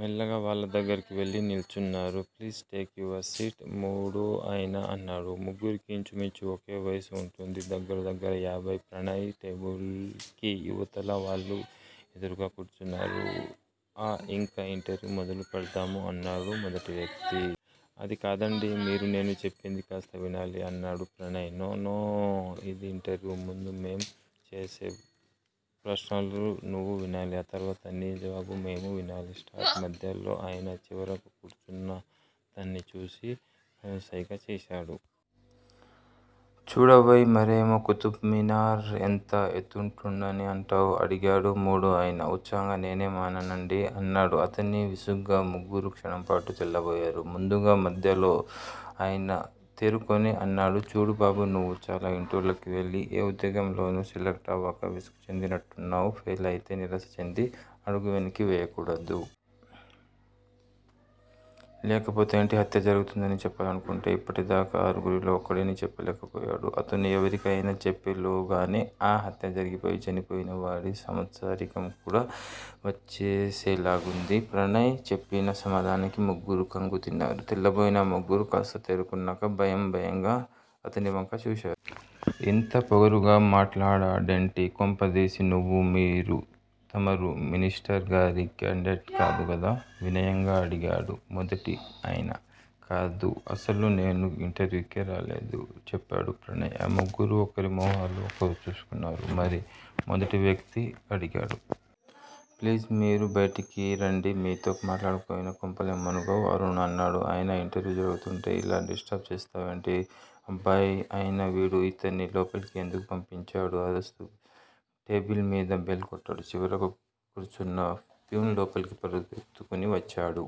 మెల్లగా వాళ్ళ దగ్గరికి వెళ్ళి నిల్చున్నారు. ప్లీజ్! టేక్ యువర్ సీట్ మూడో ఆయన అన్నాడు. ముగ్గురికీ ఇంచుమించు ఒకే వయసు వుంటుంది. దగ్గర దగ్గర యాభై! ప్రణయ్ టేబుల్ కి ఇవతల, వాళ్ళ ఎదురుగా కూర్చున్నాడు. ఆ ఇంక ఇంటర్వ్యూ మొదలుపెడ్తాము అన్నాడు మొదటి వ్యక్తి. అది కాదండీ మీరు నేను చెప్పేది కాస్త వినాలి అన్నాడు ప్రణయ్. నో! నో! నో! ఇది ఇంటర్వ్యూ ముందు మేం వేసే ప్రశ్నలు నువ్వు వినాలి ఆ తర్వాత నీ జవాబులు మేము వినాలి. స్టార్ట్ మధ్యలో ఆయన చివర కూర్చున్నతన్ని చూసి కనుసైగ చేశాడు. చూడవోయ్! మరేమో కుతుబ్ మీనార్ ఎంత ఎత్తుంటుందని అంటావ్? అడిగాడు మూడో అయన ఉత్సాహంగా. నేనేం అననండీ అన్నాడు అతను విసుగ్గా. ముగ్గురూ క్షణంపాటు తెల్లబోయారు. ముందుగా మద్యలో అయన తేరుకుని అన్నాడు చూడు బాబూ! నువ్వు చాలా ఇంటర్వ్యూలకి వెళ్ళి ఏ ఉద్యోగం లోనూ సెలెక్ట్ అవక విసుగు చెందినట్టున్నావ్, ఫెయిలయితే నిరాశ చెంది అడుగు వెనక్కి వేయకూడదు. లేకపోతే ఏంటి? హత్య జరుగుతుందని చెప్పాలనుకుంటే ఇప్పటి దాకా ఆరుగురిలో ఒక్కడికీ చెప్పలేకపోయాడు, అతను ఎవరికయినా చెప్పెలోగానే ఆ హత్య జరిగిపోయి, చనిపోయిన వాడి సంవత్సరీకం కూడా వచ్చేసేలాగుంది. ప్రణయ్ చెప్పిన సమాధానానికి ముగ్గురూ ఖంగుతిన్నారు. తెల్లబోయిన ఆ ముగ్గురూ కాస్త తేరుకున్నాక భయం భయంగా అతనివంక చూశారు. ఇంత పొగరుగా మాట్లాడాడంటే కొంపదీసి నువ్వూ మీరూ తమరూ మినిస్టర్ గారి క్యాండిడేట్ కాదు కదా? వినయంగా అడిగాడు మొదటి ఆయన. కాదు అసలు నేను ఇంటర్వ్యూకే రాలేదు చెప్పాడు ప్రణయ్. ఆ ముగ్గురూ ఒకరి మొహాలు ఒకరు చూసుకున్నారు. మరి? మొదటి వ్యక్తి అడిగాడు. ప్లీజ్! మీరు బయటికిరండి. నీతో మాటాడకపోయినా కొంపలేం మునగవ్ అరుణ్ అన్నాడు. అయినా ఇంటర్వ్యూలు జరుగుతుంటే ఇలా డిస్టర్బ్ చేస్తావేంటి అబ్బాయ్? అయినా వీడు ఇతన్ని లోపలికి ఎందుకు పంపించాడు? అరుస్తూ టేబిల్ మీది బెల్ కొట్టాడు చివరగా కూర్చున్నతను. ఫ్యూన్ లోపలికి పరిగెత్తుకుని వచ్చాడు.